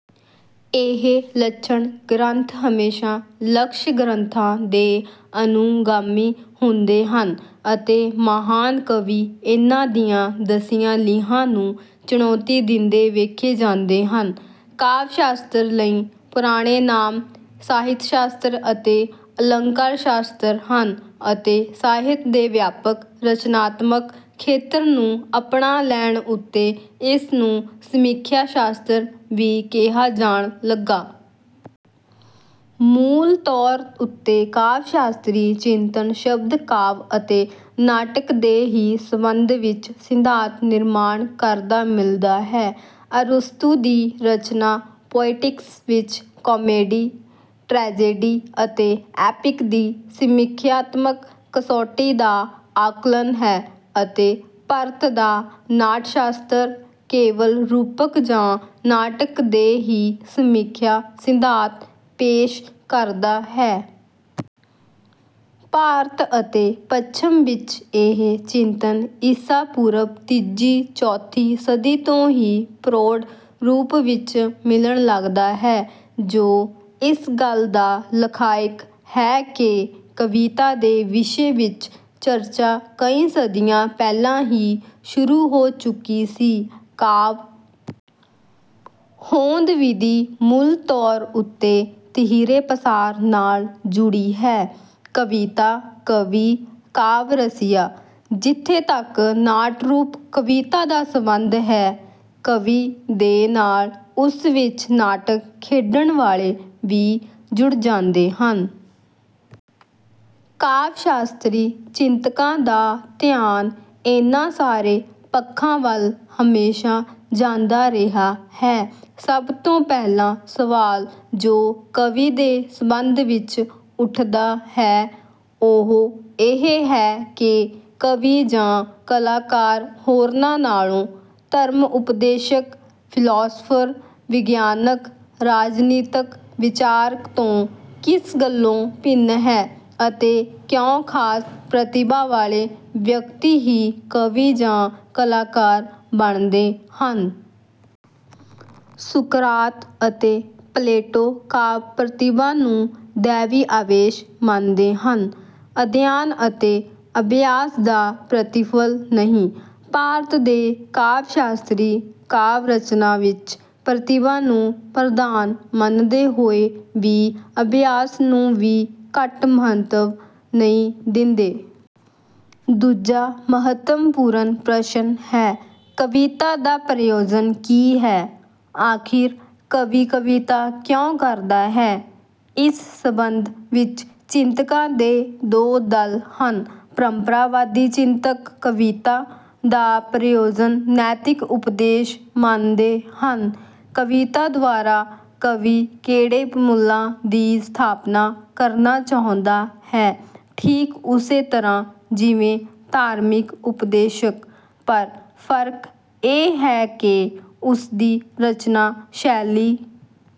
ਇਹ ਲੱਛਣ ਗ੍ਰੰਥ ਹਮੇਸ਼ਾ ਲਕਸ਼ ਗ੍ਰੰਥਾਂ ਦੇ ਅਨੁਗਾਮੀ ਹੁੰਦੇ ਹਨ ਅਤੇ ਮਹਾਨ ਕਵੀ ਇਹਨਾਂ ਦੀਆਂ ਦਸੀਆਂ ਲੀਹਾਂ ਨੂੰ ਚੁਣੌਤੀ ਦਿੰਦੇ ਵੇਖੇ ਜਾਂਦੇ ਹਨ। ਕਾਵਿ ਸ਼ਾਸਤਰ ਲਈ ਪੁਰਾਣੇ ਨਾਮ ਸਾਹਿਤਸ਼ਾਸਤਰ ਅਤੇਅਲੰਕਾਰਸ਼ਾਸਤਰ ਹਨ ਅਤੇ ਸਾਹਿਤ ਦੇ ਵਿਆਪਕ ਰਚਨਾਤਮਕ ਖੇਤਰ ਨੂੰ ਅਪਣਾ ਲੈਣ ਉੱਤੇ ਇਸਨੂੰ ਸਮੀਖਿਆ ਸ਼ਾਸਤਰ ਵੀ ਕਿਹਾ ਜਾਣ ਲੱਗਾ। ਮੂਲ ਤੌਰ ਉੱਤੇ ਕਾਵਿ ਸ਼ਾਸਤਰੀ ਚਿੰਤਨ ਸ਼ਬਦ ਕਾਵਿ ਅਤੇ ਨਾਟਕ ਦੇ ਹੀ ਸੰਬੰਧ ਵਿੱਚ ਸਿਧਾਂਤ ਨਿਰਮਾਣ ਕਰਦਾ ਮਿਲਦਾ ਹੈ। ਅਰਸਤੂ ਦੀ ਰਚਨਾ ਪੋਇਟਿਕਸ ਵਿੱਚ ਕਾਮੇਡੀ, ਟਰੈਜੇਡੀ, ਅਤੇ ਐਪਿਕ ਦੀ ਸਮੀਖਿਆਤਮਕ ਕਸੌਟੀ ਦਾ ਆਕਲਨ ਹੈ ਅਤੇ ਭਰਤ ਦਾ ਨਾਟਸ਼ਾਸਤਰ ਕੇਵਲ ਰੂਪਕ ਜਾਂ ਨਾਟਕ ਦੇ ਹੀ ਸਮੀਖਿਆ ਸਿਧਾਂਤ ਪੇਸ਼ ਕਰਦਾ ਹੈ। ਭਾਰਤ ਅਤੇ ਪੱਛਮ ਵਿੱਚ ਇਹ ਚਿੰਤਨ ਈਸਾ ਪੂਰਵ ਤੀਜੀ ਚੌਥੀ ਸਦੀ ਤੋਂ ਹੀ ਪ੍ਰੋਢ ਰੂਪ ਵਿੱਚ ਮਿਲਣ ਲੱਗਦਾ ਹੈ ਜੋ ਇਸ ਗੱਲ ਦਾ ਲਖਾਇਕ ਹੈ ਕਿ ਕਵਿਤਾ ਦੇ ਵਿਸ਼ੇ ਵਿੱਚ ਚਰਚਾ ਕਈ ਸਦੀਆਂ ਪਹਿਲਾਂ ਹੀ ਸ਼ੁਰੂ ਹੋ ਚੁੱਕੀ ਸੀ। ਕਾਵਿ ਹੋਂਦ ਵਿਧੀ ਮੂਲ ਤੌਰ ਉੱਤੇ ਤੀਹਰੇ ਪਸਾਰ ਨਾਲ ਜੁੜੀ ਹੈ। ਕਵਿਤਾ, ਕਵੀ, ਕਾਵਿ ਰਸੀਆ। ਜਿੱਥੇ ਤੱਕ ਨਾਟਰੂਪ ਕਵਿਤਾ ਦਾ ਸੰਬੰਧ ਹੈ, ਕਵੀ ਦੇ ਨਾਲ ਉਸ ਵਿੱਚ ਨਾਟਕ ਖੇਡਣ ਵਾਲੇ ਵੀ ਜੁੜ ਜਾਂਦੇ ਹਨ। ਕਾਵਿ ਸ਼ਾਸਤਰੀ ਚਿੰਤਕਾਂ ਦਾ ਧਿਆਨ ਇਨ੍ਹਾਂ ਸਾਰੇ ਪੱਖਾਂ ਵੱਲ ਹਮੇਸ਼ਾ ਜਾਂਦਾ ਰਿਹਾ ਹੈ। ਸਭ ਤੋਂ ਪਹਿਲਾ ਸਵਾਲ ਜੋ ਕਵੀ ਦੇ ਸੰਬੰਧ ਵਿੱਚ ਉੱਠਦਾ ਹੈ, ਉਹ ਇਹ ਹੈ ਕਿ ਕਵੀ ਜਾਂ ਕਲਾਕਾਰ ਹੋਰਨਾਂ ਨਾਲੋਂ, ਧਰਮ ਉਪਦੇਸ਼ਕ, ਫਿਲਾਸਫਰ, ਵਿਗਿਆਨਕ, ਰਾਜਨੀਤਕ ਵਿਚਾਰਕ ਤੋਂ ਕਿਸ ਗੱਲੋਂ ਭਿੰਨ ਹੈ, ਅਤੇ ਕਿਉਂ ਖਾਸ ਪ੍ਰਤਿਭਾ ਵਾਲੇ ਵਿਅਕਤੀ ਹੀ ਕਵੀ ਜਾਂ ਕਲਾਕਾਰ ਬਣਦੇ ਹਨ। ਸੁਕਰਾਤ ਅਤੇ ਪਲੇਟੋ ਕਾਵਿ ਪ੍ਰਤਿਭਾ ਨੂੰ ਦੈਵੀ ਆਵੇਸ਼ ਮੰਨਦੇ ਹਨ, ਅਧਿਐਨ ਅਤੇ ਅਭਿਆਸ ਦਾ ਪ੍ਰਤੀਫਲ ਨਹੀਂ। ਭਾਰਤ ਦੇ ਕਾਵਿ ਸ਼ਾਸਤਰੀ ਕਾਵਿ ਰਚਨਾ ਵਿੱਚ ਪ੍ਰਤਿਭਾ ਨੂੰ ਪ੍ਰਧਾਨ ਮੰਨਦੇ ਹੋਏ ਵੀ ਅਭਿਆਸ ਨੂੰ ਵੀ ਘੱਟ ਮਹੱਤਵ ਨਹੀਂ ਦਿੰਦੇ। ਦੂਜਾ ਮਹੱਤਵਪੂਰਨ ਪ੍ਰਸ਼ਨ ਹੈ, ਕਵਿਤਾ ਦਾ ਪ੍ਰਯੋਜਨ ਕੀ ਹੈ। ਆਖਿਰ ਕਵੀ ਕਵਿਤਾ ਕਿਉਂ ਕਰਦਾ ਹੈ। ਇਸ ਸੰਬੰਧ ਵਿੱਚ ਚਿੰਤਕਾਂ ਦੇ ਦੋ ਦਲ ਹਨ। ਪਰੰਪਰਾਵਾਦੀ ਚਿੰਤਕ ਕਵਿਤਾ ਦਾ ਪ੍ਰਯੋਜਨ ਨੈਤਿਕ ਉਪਦੇਸ਼ ਮੰਨਦੇ ਹਨ। ਕਵਿਤਾ ਦੁਆਰਾ ਕਵੀ ਕਿਹੜੇ ਮੁੱਲਾਂ ਦੀ ਸਥਾਪਨਾ ਕਰਨਾ ਚਾਹੁੰਦਾ ਹੈ, ਠੀਕ ਉਸੇ ਤਰ੍ਹਾਂ ਜਿਵੇਂ ਧਾਰਮਿਕ ਉਪਦੇਸ਼ਕ। ਪਰ ਫਰਕ ਇਹ ਹੈ ਕਿ ਉਸਦੀ ਰਚਨਾ ਸ਼ੈਲੀ